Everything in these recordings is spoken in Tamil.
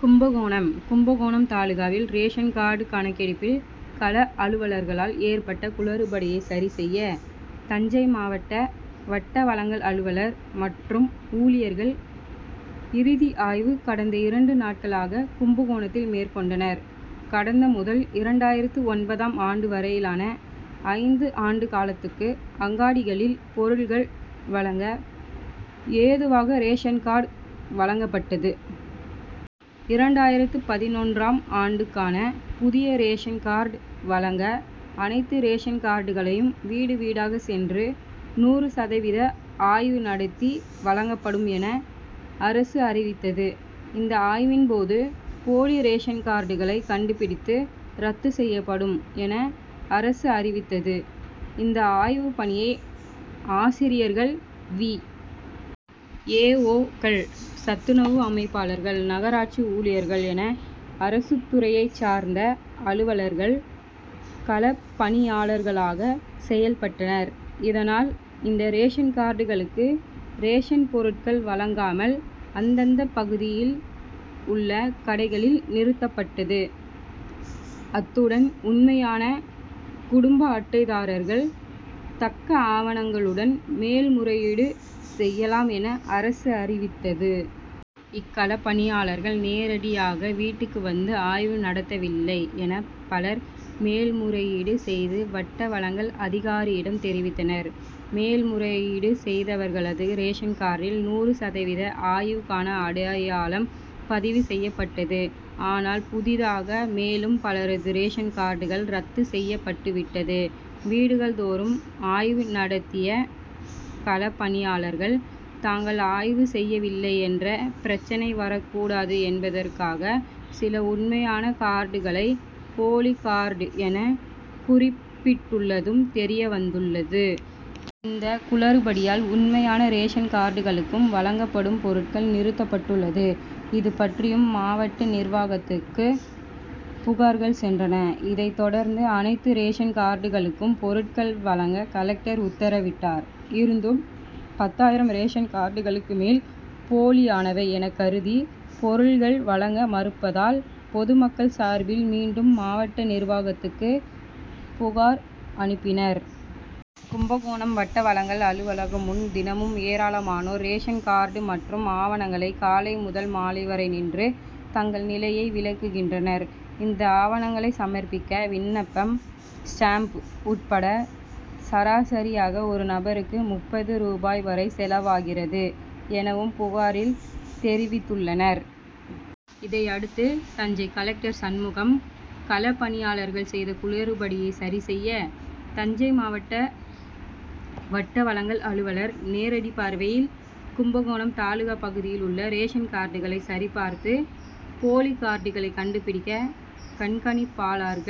கும்பகோணம் கும்பகோணம் தாலுகாவில் ரேஷன் கார்டு கணக்கெடுப்பில் கள அலுவலர்களால் ஏற்பட்ட குளறுபடியை சரி செய்ய தஞ்சை மாவட்ட வட்ட வழங்கல் அலுவலர் மற்றும் ஊழியர்கள் இறுதி ஆய்வு கடந்த இரண்டு நாட்களாக கும்பகோணத்தில் மேற்கொண்டனர். கடந்த முதல் இரண்டாயிரத்து ஒன்பதாம் ஆண்டு வரையிலான ஐந்து ஆண்டு காலத்துக்கு அங்காடிகளில் பொருள்கள் வழங்க ஏதுவாக ரேஷன் கார்டு வழங்கப்பட்டது. இரண்டாயிரத்து பதினொன்றாம் ஆண்டுக்கான புதிய ரேஷன் கார்டு வழங்க அனைத்து ரேஷன் கார்டுகளையும் வீடு வீடாக சென்று நூறு சதவீத ஆய்வு நடத்தி வழங்கப்படும் என அரசு அறிவித்தது. இந்த ஆய்வின்போது போலி ரேஷன்கார்டுகளை கண்டுபிடித்து ரத்து செய்யப்படும், என அரசு அறிவித்தது. இந்த ஆய்வுப்பணியை ஆசிரியர்கள், வி. ஏ. ஓ.,க்கள், சத்துணவு அமைப்பாளர்கள், நகராட்சி ஊழியர்கள் என அரசுத்துறையைச் சார்ந்த அலுவலர்கள் களப்பணியாளர்களாக செயல்பட்டனர். இதனால், அந்த ரேஷன்கார்டுகளுக்கு ரேஷன் பொருட்கள் வழங்காமல் அந்தந்த பகுதியில் உள்ள கடைகளில் நிறுத்தப்பட்டது. அத்துடன் உண்மையான குடும்ப அட்டைதாரர்கள் தக்க ஆவணங்களுடன் மேல்முறையீடு செய்யலாம் என அரசு அறிவித்தது. இக்களப்பணியாளர்கள் நேரிடையாக வீட்டுக்கு வந்து ஆய்வு நடத்தவில்லை, என பலர் மேல் முறையீடு செய்து வட்ட வழங்கல் அதிகாரியிடம் தெரிவித்தனர். மேல் முறையீடு செய்தவர்களது ரேஷன்கார்டில் நூறு சதவீத ஆய்வுக்கான அடையாளம் பதிவு செய்யப்பட்டது. ஆனால், புதிதாக மேலும் பலரது ரேஷன்கார்டுகள் ரத்து செய்யப்பட்டுவிட்டது. வீடுகள் தோறும் ஆய்வு நடத்திய களப்பணியாளர்கள் தாங்கள் ஆய்வு செய்யவில்லை என்ற பிரச்னை வரக்கூடாது என்பதற்காக சில உண்மையான கார்டுகளை போலி கார்டு என குறிப்பிட்டுள்ளதும் தெரியவந்துள்ளது. இந்த குளறுபடியால் உண்மையான ரேஷன்கார்டுகளுக்கும் வழங்கப்படும் பொருட்கள் நிறுத்தப்பட்டுள்ளது. இதுபற்றியும், மாவட்ட நிர்வாகத்துக்கு புகார்கள் சென்றன. இதை தொடர்ந்து அனைத்து ரேஷன்கார்டுகளுக்கும் பொருட்கள் வழங்க கலெக்டர் உத்தரவிட்டார். இருந்தும், பத்தாயிரம் ரேஷன்கார்டுகளுக்கு மேல் போலியானவை எனக்கருதி பொருள்கள் வழங்க மறுப்பதால் பொதுமக்கள் சார்பில் மீண்டும் மாவட்ட நிர்வாகத்துக்கு புகார் அனுப்பினர். கும்பகோணம் வட்ட வழங்கல் அலுவலகம் முன் தினமும் ஏராளமானோர் ரேஷன்கார்டு மற்றும் ஆவணங்களை காலை முதல் மாலை வரை நின்று தங்கள் நிலையை விளக்குகின்றனர். இந்த ஆவணங்களை சமர்பிக்க விண்ணப்பம், ஸ்டாம்ப் உட்பட சராசரியாக ஒரு நபருக்கு முப்பது ரூபாய் வரை செலவாகிறது, எனவும் புகாரில் தெரிவித்துள்ளனர். இதையடுத்து, தஞ்சை கலெக்டர் சண்முகம், களப்பணியாளர்கள் செய்த குளறுபடியை சரி செய்ய தஞ்சை மாவட்ட வட்ட வழங்கல் அலுவலர் நேரடி பார்வையில் கும்பகோணம் தாலுகா பகுதியில் உள்ள ரேஷன்கார்டுகளை சரி பார்த்து போலி கார்டுகளை கண்டுபிடிக்க கண்காணிப்பாளர்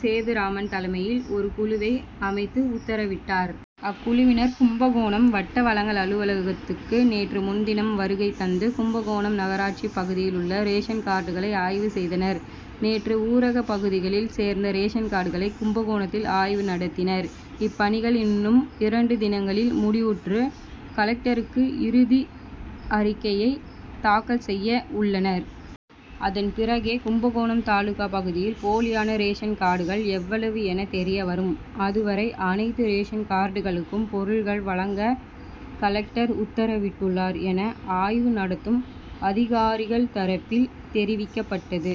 சேதுராமன் தலைமையில் ஒரு குழுவை அமைத்து உத்தரவிட்டார். அக்குழுவினர் கும்பகோணம் வட்ட வழங்கல் அலுவலகத்துக்கு நேற்று முன்தினம் வருகை தந்து கும்பகோணம் நகராட்சி பகுதியில் உள்ள ரேஷன் கார்டுகளை ஆய்வு செய்தனர். நேற்று ஊரக பகுதிகளில் சேர்ந்த ரேஷன்கார்டுகளை கும்பகோணத்தில் ஆய்வு நடத்தினர். இப்பணிகள் இன்னும் இரண்டு தினங்களில் முடிவுற்று கலெக்டருக்கு இறுதி அறிக்கையை தாக்கல் செய்ய உள்ளனர். அதன்பிறகே கும்பகோணம் தாலுகா பகுதியில் போலியான ரேஷன் கார்டுகள் எவ்வளவு என தெரியவரும். அதுவரை அனைத்து ரேஷன்கார்டுகளுக்கும் பொருள்கள் வழங்க கலெக்டர் உத்தரவிட்டுள்ளார், என ஆய்வு நடத்தும் அதிகாரிகள் தரப்பில் தெரிவிக்கப்பட்டது.